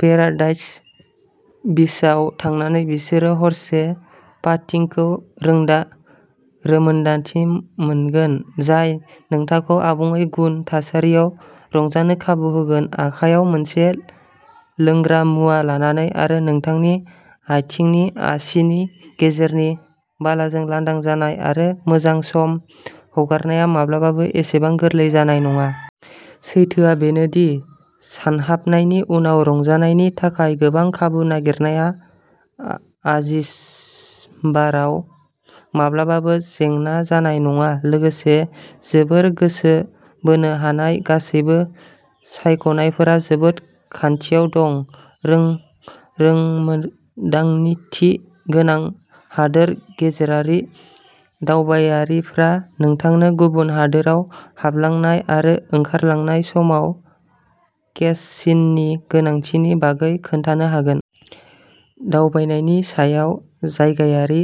Paradise बीचआव थांनानै बिसोरो हरसे पार्टींखौ रोंदा रोमोन्दांथि मोनगोन, जाय नोंथांखौ आबुङै गुबुन थासारियाव रंजानो खाबु होगोन। आखायाव मोनसे लोंग्रा मुवा लानानै, आरो नोंथांनि आथिंनि आसिनि गेजेरनि बालाजों, लानदां जानाय आरो मोजां सम हगारनाया माब्लाबाबो एसेबां गोरलै जानाय नङा। सैथोआ बेनो दि, सानहाबनायनि उनाव रंजानायनि थाखाय गोबां खाबु नागिरनाया आजिसबाराव माब्लाबाबो जेंना जानाय नङा, लोगोसे जोबोद गोसो बोनो हानाय गासैबो सायख'नायफोरा जोबोद खानथियाव दं। रोंरोंमोन्दांथि गोनां हादोर गेजेरारि दावबायारिफ्रा नोंथांनो गुबुन हादोराव हाबलांनाय आरो ओंखारलांनाय समाव केससिननि गोनांथिनि बागै खोन्थानो हागोन। दावबायनायनि सयाव जायगायारि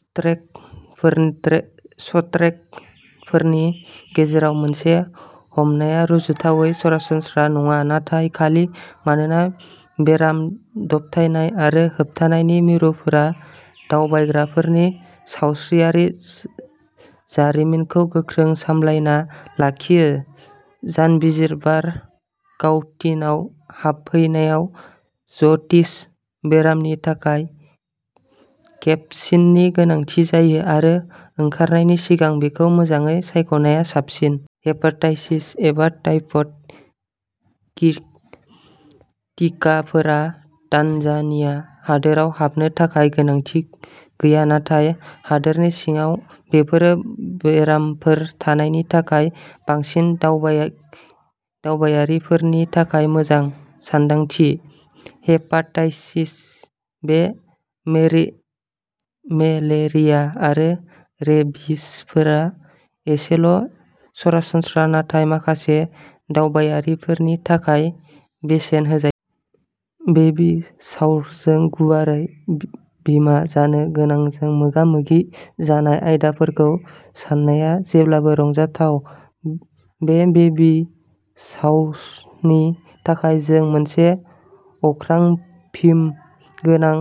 स्ट्रेनफोरनि गेजेराव मोनसेखौ हमनाया रुजुथावै सरासनस्रा नङा, नाथाय खालि मानोना बेराम दबथायनाय आरो होबथानायनि मिरुफोरा दावबायग्राफोरनि सावस्रियारि जारिमिनखौ गोख्रों सामलायना लाखियो। जानबिजिरबार काउटिनआव हाबफैनायाव जथिस बेरामनि थाखाय केबसिननि गोनांथि जायो, आरो ओंखारनायनि सिगां बेखौ मोजाङै सायख'नाया साबसिन। हेपाटाइटिस एबा टाइफड टिकाफोरा तान्जानिया हादोराव हाबनो थाखाय गोनांथि गैया, नाथाय हादोरनि सिङाव बेफोरो बेरामफोर थानायनि थाखाय बांसिन दावबायारिफोरनि थाखाय मोजां सानदांथि। हेपाटाइटिस बि, मेरिट मेलेरिया आरो रेबिसफोरा एसेल'सरासनस्रा, नाथाय माखासे दावबायारिफोरनि थाखाय बेसेन होजायो। बेबी शावरजों, गुवारै बिमा जानो गोनांजों मोगामोगि जानाय आयदाफोरखौ साननाया जेब्लाबो रंजाथाव। बे बेबी शावरसनि थाखाय, जों मोनसे अख्रां-फीम गोनां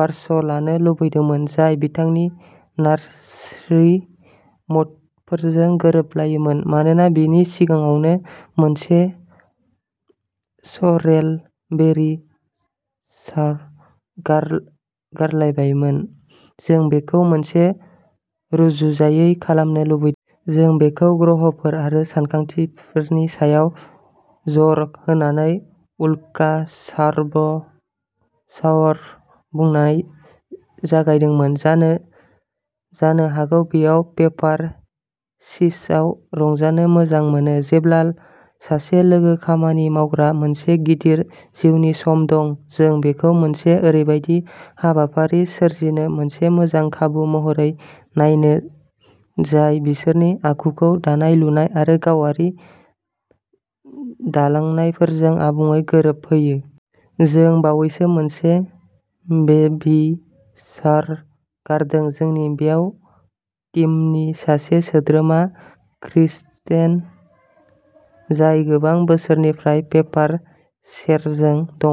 बारश लानो लुबैदोंमोन, जाय बिथांनि नार्सरि मटफोरजों गोरोबलायोमोन। मानोना जों सिगाङावनो मोनसे "सरेल" बेरि शार्ब गार गारलायबायमोन, जों बेखौ मोनसे रुजुजायै खालामनो लुबैदोंमोन। जों बेखौ ग्रहफोर आरो सानखांथिफोरनि सायाव जर होनानै "उल्का" सारस शावर बुंनानै जागायदोंमोन। जानो जानो हागौ बेयाव पेपार सोर्सआव रंजानो मोजां मोनो। जेब्ला सासे लोगो-खामानि मावग्राआ मोनसे गिदिर जिउनि सम दं, जों बेखौ मोनसे ओरैबायदि हाबाफारि सोरजिनो मोनसे मोजां खाबु महरै नायनो, जाय बिसोरनि आखुखौ दानाय-लुनाय आरो गावारि दालांनायफोरजों आबुङै गोरोबहोयो। जों बावैसो मोनसे बेबी शार गारदों। जोंनि वेब टीमनि सासे सोद्रोमा, क्रिस्टेन, जाय गोबां बोसोरनिफ्राय पेपार सेरजों दं।